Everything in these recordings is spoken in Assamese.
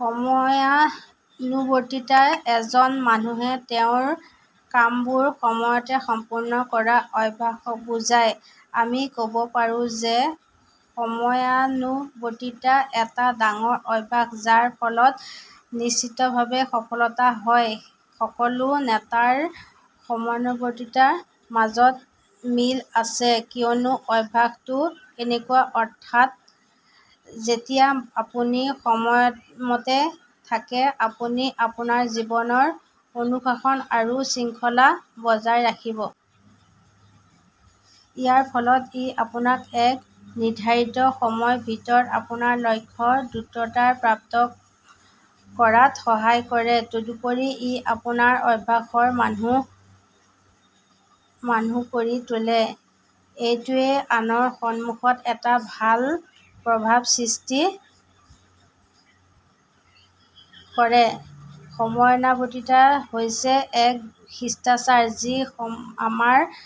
সময়ানুৱৰ্তীতাই এজন মানুহে তেওঁলোকৰ কামবোৰ সময়মতে সম্পূৰ্ণ কৰাৰ অভ্যাসক বুজায়। আমি ক'ব পাৰোঁ যে সময়ানুৱৰ্তীতা এটা ডাঙৰ অভ্যাস যাৰ ফলত নিশ্চিতভাৱে সফলতা হয়। সকলো নেতাৰ সময়ানুৱৰ্তীতাৰ মাজত মিল আছে কিয়নো অভ্যাসটো এনেকুৱা। অৰ্থাৎ, যেতিয়া আপুনি সময়মতে থাকে, আপুনি আপোনাৰ জীৱনৰ অনুশাসন আৰু শৃংখলা বজাই ৰাখিব। ইয়াৰ ফলত, ই আপোনাক এক নিৰ্ধাৰিত সময়ৰ ভিতৰত আপোনাৰ লক্ষ্য দ্ৰুততাৰে প্ৰাপ্ত কৰাত সহায় কৰিব। তদুপৰি, ই আপোনাক অভ্যাসৰ মানুহ কৰি তোলে। এইটোৱে আনৰ সন্মুখত এটা ভাল প্ৰভাৱ সৃষ্টি কৰে। সময়ানুৱৰ্তীতা হৈছে এক শিষ্টাচাৰ যি আমাক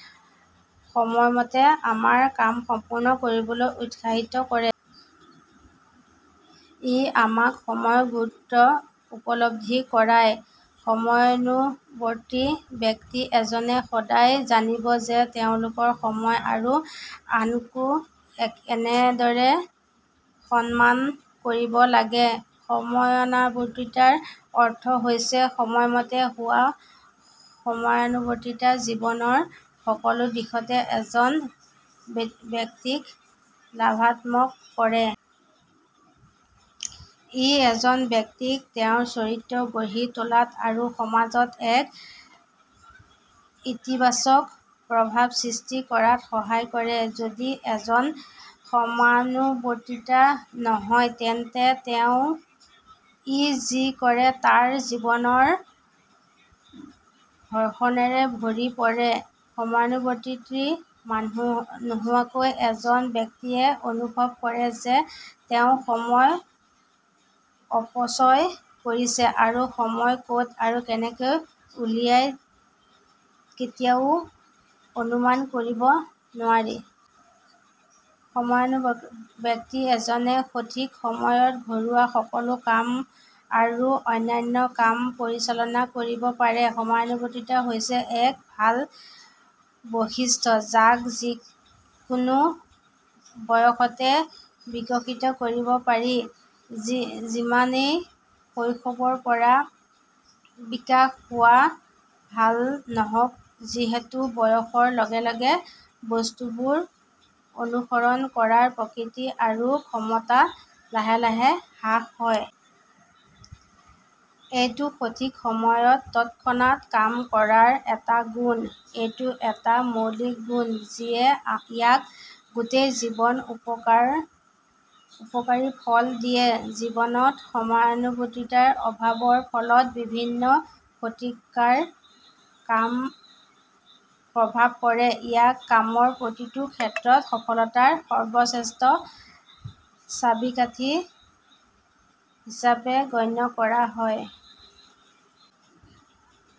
সময়মতে আমাৰ কাম সম্পূৰ্ণ কৰিবলৈ উৎসাহিত কৰে। ই আমাক সময়ৰ গুৰুত্ব উপলব্ধি কৰায়। সময়ানুৱৰ্তী ব্যক্তি এজনে সদায় জানিব যে তেওঁলোকৰ সময় আৰু আনকো কেনেদৰে সন্মান কৰিব লাগে। সময়ানুৱৰ্তীতাৰ অৰ্থ হৈছে সময়মতে হোৱা। সময়ানুৱৰ্তীতাই জীৱনৰ সকলো দিশতে এজন ব্যক্তিক লাভান্বিত কৰে। ই এজন ব্যক্তিক তেওঁৰ চৰিত্ৰ গঢ়ি তোলাত আৰু সমাজত এক ইতিবাচক প্ৰভাৱ সৃষ্টি কৰাত সহায় কৰে। যদি এজন সময়ানুৱৰ্তী নহয়, তেন্তে তেওঁ াই যি কৰে তাৰ জীৱন ঘৰ্ষণেৰে ভৰি পৰে। সময়ানুৱৰ্তী নোহোৱাকৈ, এজন ব্যক্তিয়ে অনুভৱ কৰে যে তেওঁ সময় অপচয় কৰিছে আৰু সময় ক'ত আৰু কেনেকৈ উৰিযায়, কেতিয়াও অনুমান কৰিব নোৱাৰি। সময়ানুৱৰ্তী ব্যক্তি এজনে সঠিক সময়ত ঘৰুৱা সকলো কাম আৰু অন্যান্য কাম পৰিচালনা কৰিব পাৰে। সময়ানুৱৰ্তীতা হৈছে এক ভাল বৈশিষ্ট্য যাক যিকোনো বয়সতে বিকশিত কৰিব পাৰি যিমানেই শৈশৱৰ পৰা বিকাশ হোৱা ভাল নহওঁক; যিহেতু বয়সৰ লগে লগে বস্তুবোৰ অনুসৰণ কৰাৰ প্ৰকৃতি আৰু ক্ষমতা লাহে লাহে হ্ৰাস হয়। এইটো সঠিক সময়ত তৎক্ষণাৎ কাম কৰাৰ এটা গুণ। এইটো এটা মৌলিক গুণ যিয়ে ইয়াক গোটেই জীৱন উপকাৰী ফল দিয়ে। জীৱনত সময়ানুৱৰ্তীতাৰ অভাৱৰ ফলত বিভিন্ন ক্ষতিকাৰক প্ৰভাৱ পৰে। ইয়াক কামৰ প্ৰতিটো ক্ষেত্ৰত সফলতাৰ সৰ্বশ্ৰেষ্ঠ চাবিকাঠি হিচাপে গণ্য কৰা হয়।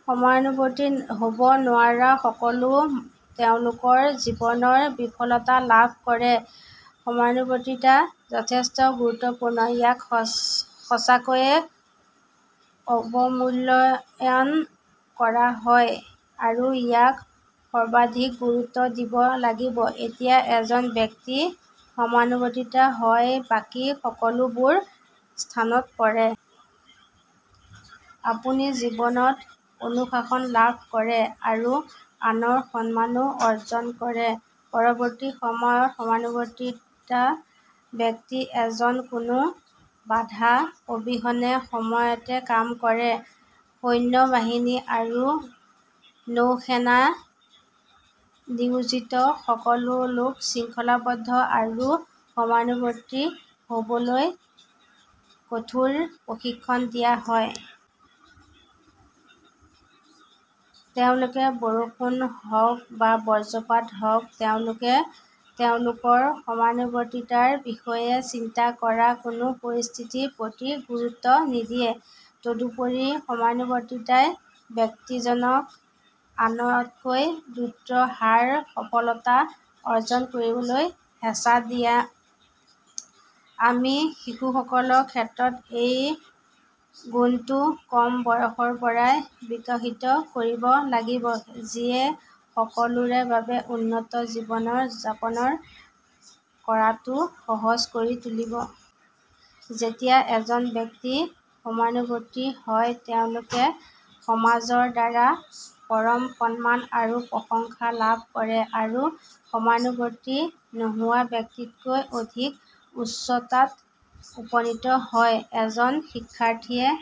সময়ানুৱৰ্তী হ'ব নোৱাৰা লোকসকলে তেওঁলোকৰ জীৱনত বিফলতা লাভ কৰে। সময়ানুৱৰ্তীতা যথেষ্ট গুৰুত্বপূৰ্ণ, ইয়াক সঁচাকৈয়ে অৱমূল্যায়ন কৰা হয় আৰু ইয়াক সৰ্বাধিক গুৰুত্ব দিব লাগিব। যেতিয়া এজন ব্যক্তি সময়ানুৱৰ্তী হয়, বাকী সকলো বোৰ স্থানত পৰে। আপুনি জীৱনত অনুশাসন লাভ কৰে আৰু আনৰ সন্মানও অৰ্জন কৰে। পৰৱৰ্তী সময়ত, সময়ানুৱৰ্তী ব্যক্তি এজনে কোনো বাধা অবিহনে সময়মতে কাম কৰে। সৈন্য বাহিনী আৰু নৌসেনাত নিয়োজিত লোকসকলক শৃংখলাবদ্ধ আৰু সময়ানুৱৰ্তী হ'বলৈ কঠোৰ প্ৰশিক্ষণ দিয়া হয়। তেওঁলোকে বৰষুণ হওঁক বা বজ্ৰপাত হওঁক, তেওঁলোকে তেওঁলোকৰ সময়ানুৱৰ্তীতাৰ বিষয়ে চিন্তা কৰা কোনো পৰিস্থিতিৰ প্ৰতি গুৰুত্ব নিদিয়ে। তদুপৰি, সময়ানুৱৰ্তীতাই ব্যক্তিজনক আনতকৈ দ্ৰুত হাৰত সফলতা অৰ্জন কৰিবলৈ হেঁচা দিয়ে। আমি শিশুসকলৰ ক্ষেত্ৰত এই গুণটো কম বয়সৰ পৰাই বিকশিত কৰিব লাগিব যিয়ে সকলোৰে বাবে উন্নত জীৱন যাপন কৰাটো সহজ কৰি তুলিব। যেতিয়া এজন ব্যক্তি সময়ানুৱৰ্তী হয়, তেওঁলোকে সমাজৰ দ্বাৰা পৰম সন্মান আৰু প্ৰশংসা লাভ কৰে আৰু সময়ানুৱৰ্তী নোহোৱা ব্যক্তিতকৈ অধিক উচ্চতাত উপনীত হয়। এজন শিক্ষাৰ্থীয়ে